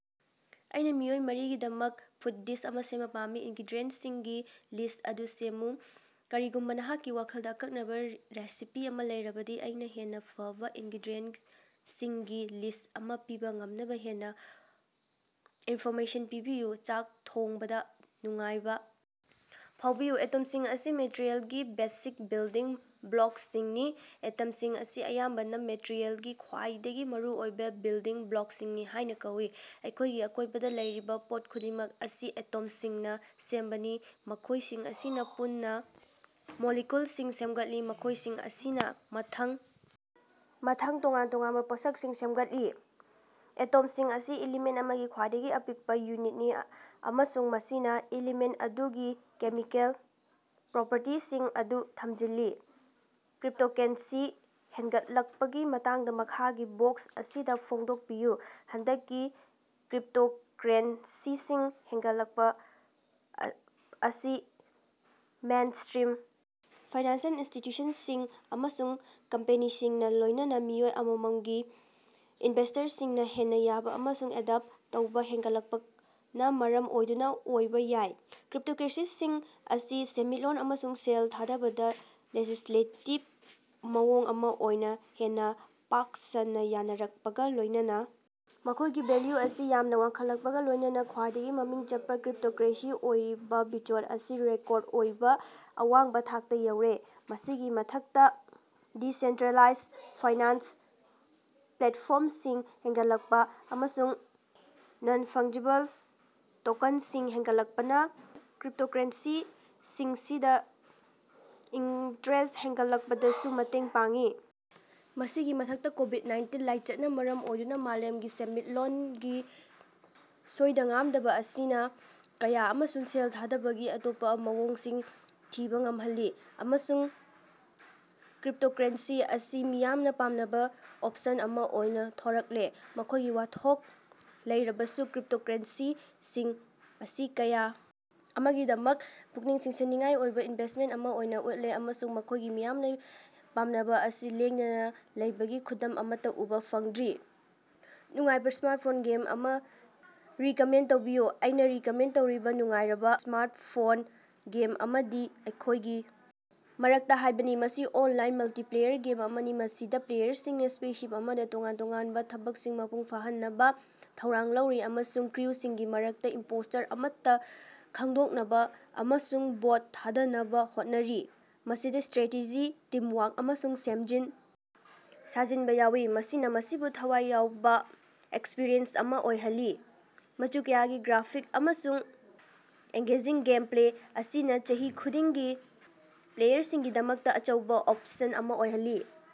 ꯑꯩꯅꯥ ꯃꯤꯑꯣꯏ ꯃꯔꯤꯒꯤꯗꯃꯛ food this ꯑꯃ ꯁꯦꯝꯕ ꯄꯥꯝꯃꯤ꯫ ꯏꯟꯒ꯭ꯔꯦꯗꯤꯌꯦꯟꯁꯤꯡꯒꯤ ꯂꯤꯁ꯭ꯠ ꯑꯗꯨ ꯁꯦꯝꯃꯨ꯫ ꯀꯔꯤꯒꯨꯝꯕ ꯅꯍꯥꯛꯀꯤ ꯋꯥꯈꯜꯗ ꯑꯀꯛꯅꯕꯥ ꯔꯦꯁꯤꯄꯤ ꯑꯃ ꯂꯩꯔꯕꯗꯤ, ꯑꯩꯅꯥ ꯍꯦꯟꯅ ꯐꯕꯥ ꯏꯟꯒ꯭ꯔꯦꯗꯤꯌꯦꯟꯇꯁꯤꯡꯒꯤ ꯂꯤꯁ꯭ꯠ ꯑꯃ ꯄꯤꯕ ꯉꯝꯅꯕ ꯍꯦꯟꯅ ꯏꯟꯐꯣꯔꯃꯦꯁꯟ ꯄꯤꯕꯤꯌꯨ꯫ ꯆꯥꯛ ꯊꯣꯡꯕꯗꯥ ꯅꯨꯡꯉꯥꯏꯕ ꯐꯥꯎꯕꯤꯌꯨ꯫ ꯑꯦꯇꯣꯝꯁꯤꯡ ꯑꯁꯤ ꯃꯦꯇꯔꯤꯑꯦꯜꯒꯤ ꯕꯦꯁꯤꯛ ꯕꯤꯜꯗꯤꯡ ꯕ꯭ꯂꯣꯛꯁꯤꯡꯅꯤ꯫ ꯑꯦꯇꯣꯝꯁꯤꯡ ꯑꯁꯤ ꯑꯌꯥꯝꯕꯅ ꯃꯦꯇꯔꯤꯑꯦꯜꯒꯤ ꯈ꯭ꯋꯥꯏꯗꯒꯤ ꯃꯔꯨꯑꯣꯏꯕ ꯕꯤꯜꯗꯤꯡ ꯕ꯭ꯂꯣꯛꯁꯤꯡ ꯍꯥꯏꯅ ꯀꯧꯏ꯫ ꯑꯩꯈꯣꯏꯒꯤ ꯑꯀꯣꯏꯕꯗ ꯂꯩꯔꯤꯕ ꯄꯣꯠ ꯈꯨꯗꯤꯡꯃꯛ ꯑꯁꯤ ꯑꯦꯇꯣꯝꯁꯤꯡꯅ ꯁꯦꯝꯕꯅꯤ, ꯃꯈꯣꯏꯁꯤꯡ ꯑꯁꯤꯅ ꯄꯨꯟꯅ ꯃꯣꯂꯤꯀꯨꯜꯁꯤꯡ ꯁꯦꯝꯒꯠꯂꯤ, ꯃꯈꯣꯏꯁꯤꯡ ꯑꯁꯤꯅ ꯃꯊꯪ ꯃꯊꯪ ꯇꯣꯉꯥꯟ ꯇꯣꯉꯥꯟꯕ ꯄꯣꯠꯁꯛꯁꯤꯡ ꯁꯦꯝꯒꯠꯂꯤ꯫ ꯑꯦꯇꯣꯝꯁꯤꯡ ꯑꯁꯤ ꯏꯂꯤꯃꯦꯟ ꯑꯃꯒꯤ ꯈ꯭ꯋꯥꯏꯗꯒꯤ ꯑꯄꯤꯛꯄꯥ ꯌꯨꯅꯤꯠꯅꯤ ꯑꯃꯁꯨꯡ ꯃꯁꯤꯅ ꯏꯂꯤꯃꯦꯟ ꯑꯗꯨꯒꯤ ꯀꯦꯃꯤꯀꯦꯜ ꯄ꯭ꯔꯣꯄꯔꯇꯤꯁꯤꯡ ꯑꯗꯨ ꯊꯝꯖꯤꯜꯂꯤ꯫ ꯀ꯭ꯔꯤꯞꯇꯣꯀꯔꯦꯟꯁꯤ ꯍꯦꯟꯒꯠꯂꯛꯄꯒꯤ ꯃꯇꯥꯡꯗ ꯃꯈꯥꯒꯤ ꯕꯣꯛꯁ ꯑꯁꯤꯗ ꯐꯣꯡꯗꯣꯛꯄꯤꯌꯨ꯫ ꯍꯟꯗꯛꯀꯤ ꯀ꯭ꯔꯤꯞꯇꯣꯀꯔꯦꯟꯁꯤꯁꯤꯡ ꯍꯦꯟꯒꯠꯂꯛꯄ ꯑꯁꯤ ꯃꯦꯟꯁ꯭ꯇꯔꯤꯝ ꯐꯥꯏꯅꯥꯟꯁꯤꯑꯦꯜ ꯏꯟꯁꯇꯤꯇꯌꯨꯁꯟꯁꯤꯡ ꯑꯃꯁꯨꯡ ꯀꯝꯄꯦꯅꯤꯁꯤꯡꯅ, ꯂꯣꯏꯅꯅ ꯃꯤꯑꯣꯏ ꯑꯃꯝꯃꯒꯤ ꯏꯅꯚꯦꯁ꯭ꯇꯔꯁꯤꯡꯅ ꯍꯦꯟꯅ ꯌꯥꯕ ꯑꯃꯁꯨꯡ ꯑꯦꯗꯣꯞꯇ ꯇꯧꯕꯥ ꯍꯦꯟꯒꯠꯂꯛꯄꯅ ꯃꯔꯝ ꯑꯣꯏꯗꯨꯅ ꯑꯣꯏꯕ ꯌꯥꯏ꯫ ꯀ꯭ꯔꯤꯞꯇꯣꯀꯔꯦꯟꯁꯤꯁꯤꯡ ꯑꯁꯤ ꯁꯦꯟꯃꯤꯠꯂꯣꯟ ꯑꯃꯁꯨꯡ ꯁꯦꯜ ꯊꯥꯗꯕꯒꯤ ꯂꯦꯖꯤꯁꯂꯦꯇꯤꯕ ꯃꯑꯣꯡ ꯑꯃ ꯑꯣꯏꯅ ꯍꯦꯟꯅ ꯄꯥꯛ ꯁꯟꯅ ꯌꯥꯅꯔꯛꯄꯒꯥ ꯂꯣꯏꯅꯅ ꯃꯈꯣꯏꯒꯤ ꯚꯦꯜꯌꯨ ꯑꯁꯤ ꯌꯥꯝꯅ ꯋꯥꯡꯈꯠꯂꯛꯄꯒ ꯂꯣꯏꯅꯅ ꯈꯋꯥ꯭ꯏꯗꯒꯤ ꯃꯃꯤꯡ ꯆꯠꯄ ꯀ꯭ꯔꯤꯞꯇꯣꯀꯔꯦꯟꯁꯤ ꯑꯣꯏꯔꯤꯕ ꯕꯤꯠꯆꯣꯟ ꯑꯁꯤ ꯔꯦꯀꯣꯔꯗ ꯑꯣꯏꯕ ꯑꯋꯥꯡꯕ ꯊꯥꯛꯇ ꯌꯧꯔꯦ꯫ ꯃꯁꯤꯒꯤ ꯃꯊꯛꯇꯥ, ꯗꯤꯁꯦꯟꯇ꯭ꯔꯦꯂꯥꯏꯖ ꯐꯥꯏꯅꯥꯟꯁ ꯄ꯭ꯂꯦꯠꯐꯣꯔꯝꯁꯤꯡ ꯍꯦꯟꯒꯠꯂꯛꯄ ꯑꯃꯁꯨꯡ ꯅꯟ-ꯐꯪꯖꯤꯕꯜ ꯇꯣꯀꯟꯁꯤꯡ ꯍꯦꯟꯒꯠꯂꯛꯄꯅ ꯀ꯭ꯔꯤꯞꯇꯣꯀꯔꯦꯟꯁꯤꯁꯤꯡꯗꯥ ꯏꯟꯇ꯭ꯔꯦꯁ ꯍꯦꯟꯒꯠꯂꯛꯄꯗꯁꯨ ꯃꯇꯦꯡ ꯄꯥꯡꯂꯤ꯫ ꯃꯁꯤꯒꯤ ꯃꯊꯛꯇꯥ, ꯀꯣꯕꯤꯗ-ꯅꯥꯏꯟꯇꯤꯟ ꯂꯥꯏꯆꯠꯅ ꯃꯔꯝ ꯑꯣꯏꯗꯨꯅ ꯃꯥꯂꯦꯝꯒꯤ ꯁꯦꯟꯃꯤꯠꯂꯣꯟꯒꯤ ꯁꯣꯏꯗ-ꯉꯥꯝꯗꯕ ꯑꯁꯤꯅꯥ ꯀꯌꯥ ꯑꯃꯁꯨ ꯁꯦꯜ ꯊꯥꯗꯕꯒꯤ ꯑꯇꯣꯞꯄꯥ ꯃꯑꯣꯡꯁꯤꯡ ꯊꯤꯕꯥ ꯉꯝꯍꯜꯂꯦ, ꯑꯃꯁꯨꯡ ꯀ꯭ꯔꯤꯞꯇꯣꯀꯔꯦꯟꯁꯤ ꯑꯁꯤ ꯃꯤꯌꯥꯝꯅ ꯄꯥꯝꯅꯕ ꯑꯣꯞꯁꯟ ꯑꯃ ꯑꯣꯏꯅ ꯊꯣꯔꯛꯂꯦ꯫ ꯃꯈꯣꯏꯒꯤ ꯋꯥꯊꯣꯛ ꯂꯩꯔꯕꯁꯨ, ꯀ꯭ꯔꯤꯞꯇꯣꯀꯔꯦꯟꯁꯤꯁꯤꯡ ꯑꯁꯤ ꯀꯌꯥ ꯑꯃꯒꯤꯗꯃꯛ ꯄꯨꯛꯅꯤꯡ ꯆꯤꯡꯁꯤꯟꯅꯤꯡꯉꯥꯏ ꯑꯣꯏꯕꯥ ꯏꯟꯚꯦꯁ꯭ꯇꯃꯦꯟ ꯑꯃ ꯑꯣꯏꯅ ꯎꯠꯂꯦ ꯑꯃꯁꯨꯡ ꯃꯈꯣꯏꯒꯤ ꯃꯤꯌꯥꯝꯅ ꯄꯥꯝꯅꯕ ꯑꯁꯤ ꯂꯦꯡꯗꯅꯥ ꯂꯩꯕꯒꯤ ꯈꯨꯗꯝ ꯑꯃꯠꯇ ꯎꯕ ꯐꯪꯗ꯭ꯔꯤ꯫ ꯅꯨꯡꯉꯥꯏꯕ ꯁ꯭ꯃꯥꯔꯠꯐꯣꯟ ꯒꯦꯝ ꯑꯃ ꯔꯤꯀꯃꯦꯟ ꯇꯧꯕꯤꯌꯨ꯫ ꯑꯩꯅ ꯔꯤꯀꯃꯦꯟ ꯇꯧꯔꯤꯕ ꯅꯨꯡꯉꯥꯏꯔꯕ ꯁ꯭ꯃꯥꯔꯠꯐꯣꯟ ꯒꯦꯝ ꯑꯃꯗꯤ "ꯑꯩꯈꯣꯏꯒꯤ ꯃꯔꯛꯇꯥ" ꯍꯥꯏꯕꯅꯤ꯫ ꯃꯁꯤ ꯑꯣꯟꯂꯥꯏꯟ ꯃꯜꯇꯤꯄ꯭ꯂꯦꯌꯔ ꯒꯦꯝ ꯑꯃꯅꯤ ꯃꯁꯤꯗ ꯄ꯭ꯂꯦꯌꯔꯁꯤꯡꯗꯥ ꯁ꯭ꯄꯦꯁꯁꯤꯞ ꯑꯃꯗ ꯇꯣꯉꯥꯟ ꯇꯣꯉꯥꯟꯕ ꯊꯕꯛꯁꯤꯡ ꯃꯄꯨꯡ ꯐꯥꯍꯟꯅꯕ ꯊꯧꯗꯥꯡ ꯂꯧꯔꯤ ꯑꯃꯁꯨꯡ ꯀ꯭ꯔꯨꯁꯤꯡꯒꯤ ꯃꯔꯛꯇꯥ ꯏꯝꯄꯣꯁꯇꯔ ꯑꯃꯠꯇ ꯈꯪꯗꯣꯛꯅꯕ ꯑꯃꯁꯨꯡ ꯚꯣꯠ ꯊꯥꯗꯅꯕ ꯍꯣꯠꯅꯔꯤ꯫ ꯃꯁꯤꯗꯥ ꯁꯇ꯭꯭ꯔꯦꯇꯦꯖꯤ, ꯇꯤꯝꯋꯥꯔꯛ ꯑꯃꯁꯨꯡ ꯁꯦꯝꯖꯤꯟ ꯁꯥꯖꯤꯟꯕ ꯌꯥꯎꯏ, ꯃꯁꯤꯅ ꯃꯁꯤꯕꯨ ꯊꯋꯥꯏ ꯌꯥꯎꯕ ꯑꯦꯛꯁꯄ꯭ꯔꯤꯌꯦꯟꯁ ꯑꯃ ꯑꯣꯏꯍꯜꯂꯤ꯫ ꯃꯆꯨ ꯀꯌꯥꯒꯤ ꯒ꯭ꯔꯥꯐꯤꯛꯁ ꯑꯃꯁꯨꯡ ꯑꯦꯡꯒꯦꯖꯤꯡ ꯒꯦꯝꯄ꯭ꯂꯦ ꯑꯁꯤꯅ ꯆꯍꯤ ꯈꯨꯗꯤꯡꯒꯤ ꯄ꯭ꯂꯦꯌꯔꯁꯤꯡꯒꯤꯗꯃꯛꯇꯥ ꯑꯆꯧꯕ ꯑꯣꯞꯁꯟ ꯑꯃ ꯑꯣꯏꯍꯜꯂꯤ꯫